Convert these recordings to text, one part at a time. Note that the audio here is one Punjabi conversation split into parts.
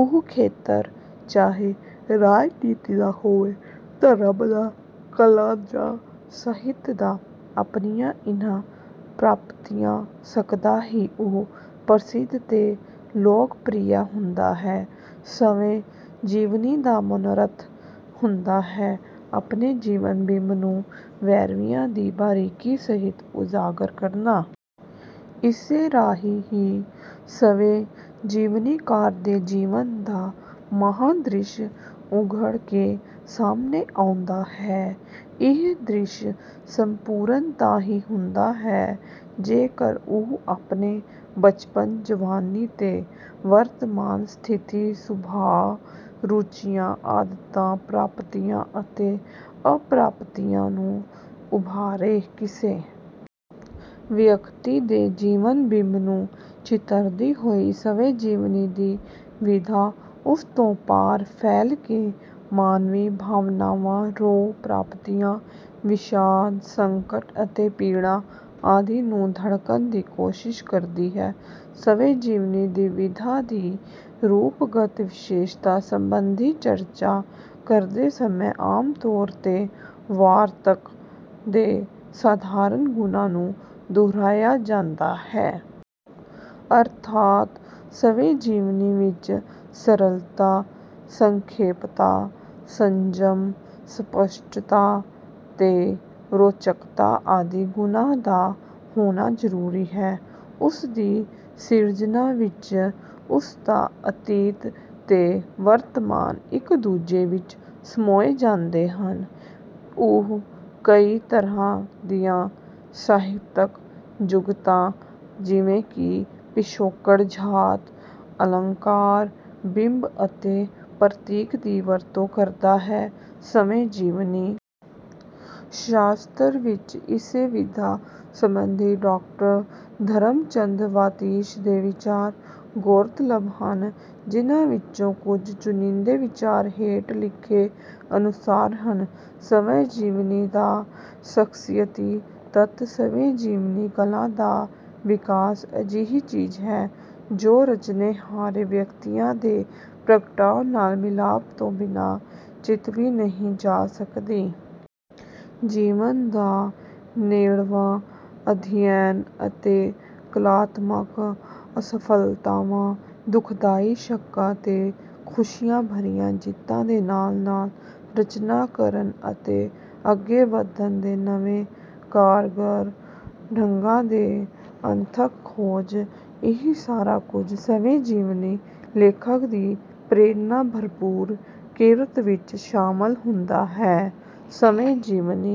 ਉਹ ਖੇਤਰ ਚਾਹੇ ਰਾਜਨੀਤੀ ਦਾ ਹੋਵੇ, ਧਰਮ ਦਾ, ਕਲਾ ਜਾਂ ਸਾਹਿਤ ਦਾ, ਆਪਣੀਆਂ ਇਨ੍ਹਾਂ ਪ੍ਰਾਪਤੀਆਂ ਸਦਕਾ ਹੀ ਉਹ ਪ੍ਰਸਿੱਧ ਤੇ ਲੋਕਪ੍ਰਿਯ ਹੁੰਦਾ ਹੈ। ਸਵੈ-ਜੀਵਨੀ ਦਾ ਮਨੋਰਥ ਹੁੰਦਾ ਹੈ ਆਪਣੇ ਜੀਵਨ-ਬਿੰਬ ਨੂੰ ਵੇਰਵਿਆਂ ਦੀ ਬਾਰੀਕੀ ਸਹਿਤ ਉਜਾਗਰ ਕਰਨਾ। ਇਸੇ ਰਾਹੀਂ ਹੀ ਸਵੈ-ਜੀਵਨੀਕਾਰ ਦੇ ਜੀਵਨ ਦਾ ਮਹਾਂਦ੍ਰਿਸ਼ ਉੱਘੜ ਕੇ ਸਾਹਮਣੇ ਆਉਂਦਾ ਹੈ। ਇਹ ਦ੍ਰਿਸ਼ ਸੰਪੂਰਨ ਤਾਂ ਹੀ ਹੁੰਦਾ ਹੈ ਜੇਕਰ ਉਹ ਆਪਣੇ ਬਚਪਨ, ਜਵਾਨੀ ਤੇ ਵਰਤਮਾਨ ਸਥਿਤੀ, ਸੁਭਾਅ, ਰੁਚੀਆਂ, ਆਦਤਾਂ, ਪ੍ਰਾਪਤੀਆਂ ਅਤੇ ਅਪ੍ਰਾਪਤੀਆਂ ਨੂੰ ਉਭਾਰੇ। ਕਿਸੇ ਵਿਅਕਤੀ ਦੇ ਜੀਵਨ-ਬਿੰਬ ਨੂੰ ਚਿਤਰਦੀ ਹੋਈ ਸਵੈ-ਜੀਵਨੀ ਦੀ ਵਿਧਾ ਉਸ ਤੋਂ ਪਾਰ ਫੈਲ ਕੇ ਮਾਨਵੀ ਭਾਵਨਾਵਾਂ, ਰੌਂਅ, ਪ੍ਰਾਪਤੀਆਂ, ਵਿਸ਼ਾਦ, ਸੰਕਟ ਅਤੇ ਪੀੜਾ ਆਦਿ ਨੂੰ ਪਕੜਣ ਦੀ ਕੋਸ਼ਿਸ਼ ਕਰਦੀ ਹੈ। ਸਵੈ-ਜੀਵਨੀ ਦੀ ਵਿਧਾ ਦੀ ਰੂਪਗਤ ਵਿਸ਼ੇਸ਼ਤਾ ਸੰਬੰਧੀ ਚਰਚਾ ਕਰਦੇ ਸਮੇਂ ਆਮ ਤੌਰ ’ਤੇ ਵਾਰਤਕ ਦੇ ਸਾਧਾਰਨ ਗੁਣਾਂ ਨੂੰ ਦੁਹਰਾਇਆ ਜਾਂਦਾ ਹੈ। ਅਰਥਾਤ ਸਵੈ-ਜੀਵਨੀ ਵਿੱਚ ਸਰਲਤਾ, ਸੰਖੇਪਤਾ, ਸੰਜਮ, ਸਪੱਸ਼ਟਤਾ ਤੇ ਰੌਚਕਤਾ ਆਦਿ ਗੁਣਾਂ ਦਾ ਹੋਣਾ ਜ਼ਰੂਰੀ ਹੈ। ਉਸ ਦੀ ਸਿਰਜਣਾ ਵਿੱਚ ਉਸ ਦਾ ਅਤੀਤ ਤੇ ਵਰਤਮਾਨ ਇੱਕ-ਦੂਜੇ ਵਿੱਚ ਸਮੋਏ ਜਾਂਦੇ ਹਨ। ਉਹ ਕਈ ਤਰ੍ਹਾਂ ਦੀਆਂ ਸਾਹਿਤਕ ਜੁਗਤਾਂ, ਜਿਵੇਂ ਕਿ ਪਿਛੋਕੜ-ਝਾਤ, ਅਲੰਕਾਰ, ਬਿੰਬ ਅਤੇ ਪ੍ਰਤੀਕ ਦੀ ਵਰਤੋਂ ਕਰਦਾ ਹੈ। ਸਵੈ-ਜੀਵਨੀ ਸ਼ਾਸਤਰ’ ਵਿੱਚ ਇਸ ਵਿਧਾ ਸੰਬੰਧੀ ਡਾਕਟਰ ਧਰਮ ਚੰਦ ਵਾਤਿਸ਼ ਦੇ ਵਿਚਾਰ ਗੌਰਤਲਬ ਹਨ, ਜਿਨ੍ਹਾਂ ਵਿੱਚੋਂ ਕੁਝ ਚੁਣਿੰਦੇ ਵਿਚਾਰ ਹੇਠ ਲਿਖੇ ਅਨੁਸਾਰ ਹਨ—“ਸਵੈ-ਜੀਵਨੀ ਦਾ ਸ਼ਖ਼ਸੀਅਤੀ ਤੱਤ”ਸਵੈ-ਜੀਵਨੀ ਕਲਾ ਦਾ ਵਿਕਾਸ ਅਜਿਹੀ ਚੀਜ਼ ਹੈ ਜੋ ਰਚਣੇਹਾਰੇ ਵਿਅਕਤੀਆਂ ਦੇ ਪ੍ਰਗਟਾਅ ਨਾਲ ਮਿਲਾਪ ਤੋਂ ਬਿਨਾਂ ਚਿਤਵੀ ਨਹੀਂ ਜਾ ਸਕਦੀ। ਜੀਵਨ ਦਾ ਨੇੜਵਾਂ ਅਧਿਐਨ ਅਤੇ ਕਲਾਤਮਕ ਅਸਫਲਤਾਵਾਂ, ਦੁਖਦਾਈ ਸ਼ੱਕਾਂ ਤੇ ਖੁਸ਼ੀਆਂ ਭਰੀਆਂ ਜਿੱਤਾਂ ਦੇ ਨਾਲ-ਨਾਲ ਰਚਨਾ ਕਰਨ ਅਤੇ ਅੱਗੇ ਵਧਣ ਦੇ ਨਵੇਂ ਕਾਰਗਰ ਢੰਗਾਂ ਦੀ ਅਣਥੱਕ ਖੋਜ—ਇਹ ਸਾਰਾ ਕੁਝ ਸਵੈ-ਜੀਵਨੀ ਲੇਖਕ ਦੀ ਪ੍ਰੇਰਣਾ-ਭਰਪੂਰ ਕਿਰਤ ਵਿੱਚ ਸ਼ਾਮਲ ਹੁੰਦਾ ਹੈ। ਸਵੈ-ਜੀਵਨੀ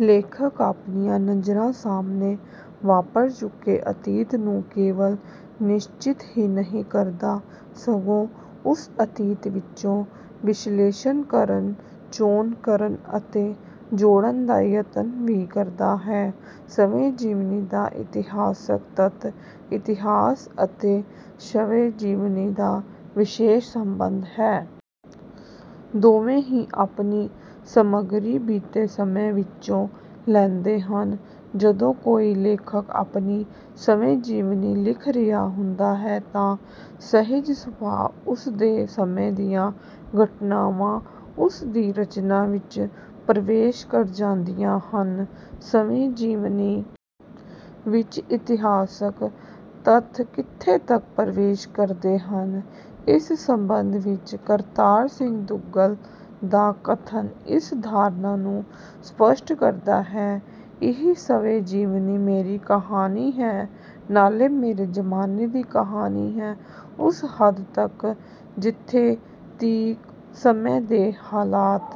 ਲੇਖਕ ਆਪਣੀਆਂ ਨਜ਼ਰਾਂ ਸਾਹਮਣੇ ਵਾਪਰ ਚੁੱਕੇ ਅਤੀਤ ਨੂੰ ਕੇਵਲ ਨਿਸ਼ਚਿਤ ਹੀ ਨਹੀਂ ਕਰਦਾ, ਸਗੋਂ ਉਸ ਅਤੀਤ ਵਿੱਚੋਂ ਵਿਸ਼ਲੇਸ਼ਣ ਕਰਨ, ਚੋਣ ਕਰਨ ਅਤੇ ਜੋੜਨ ਦਾ ਯਤਨ ਵੀ ਕਰਦਾ ਹੈ।“ਸਵੈ-ਜੀਵਨੀ ਦਾ ਇਤਿਹਾਸਕ ਤੱਤ”ਇਤਿਹਾਸ ਅਤੇ ਸਵੈ-ਜੀਵਨੀ ਦਾ ਵਿਸ਼ੇਸ਼ ਸੰਬੰਧ ਹੈ। ਦੋਵੇਂ ਹੀ ਆਪਣੀ ਸਮੱਗਰੀ ਬੀਤੇ ਸਮੇਂ ਵਿੱਚੋਂ ਲੈਂਦੇ ਹਨ। ਜਦੋਂ ਕੋਈ ਲੇਖਕ ਆਪਣੀ ਸਵੈ-ਜੀਵਨੀ ਲਿਖ ਰਿਹਾ ਹੁੰਦਾ ਹੈ ਤਾਂ ਸਹਿਜ-ਸੁਭਾਅ ਉਸ ਦੇ ਸਮੇਂ ਦੀਆਂ ਘਟਨਾਵਾਂ ਉਸ ਦੀ ਰਚਨਾ ਵਿੱਚ ਪ੍ਰਵੇਸ਼ ਕਰ ਜਾਂਦੀਆਂ ਹਨ। ਸਵੈ-ਜੀਵਨੀ ਵਿੱਚ ਇਤਿਹਾਸਕ ਤੱਥ ਕਿੱਥੋਂ ਤੱਕ ਪ੍ਰਵੇਸ਼ ਕਰਦੇ ਹਨ, ਇਸ ਸੰਬੰਧ ਵਿੱਚ ਕਰਤਾਰ ਸਿੰਘ ਦੁੱਗਲ ਦਾ ਕਥਨ ਇਸ ਧਾਰਨਾ ਨੂੰ ਸਪੱਸ਼ਟ ਕਰਦਾ ਹੈ— “ਇਹ ਸਵੈ-ਜੀਵਨੀ ਮੇਰੀ ਕਹਾਣੀ ਹੈ। ਨਾਲੇ ਮੇਰੇ ਜ਼ਮਾਨੇ ਦੀ ਕਹਾਣੀ ਹੈ। ਉਸ ਹੱਦ ਤੱਕ ਜਿੱਥੇ ਤੀਕ ਸਮੇਂ ਦੇ ਹਾਲਾਤ…”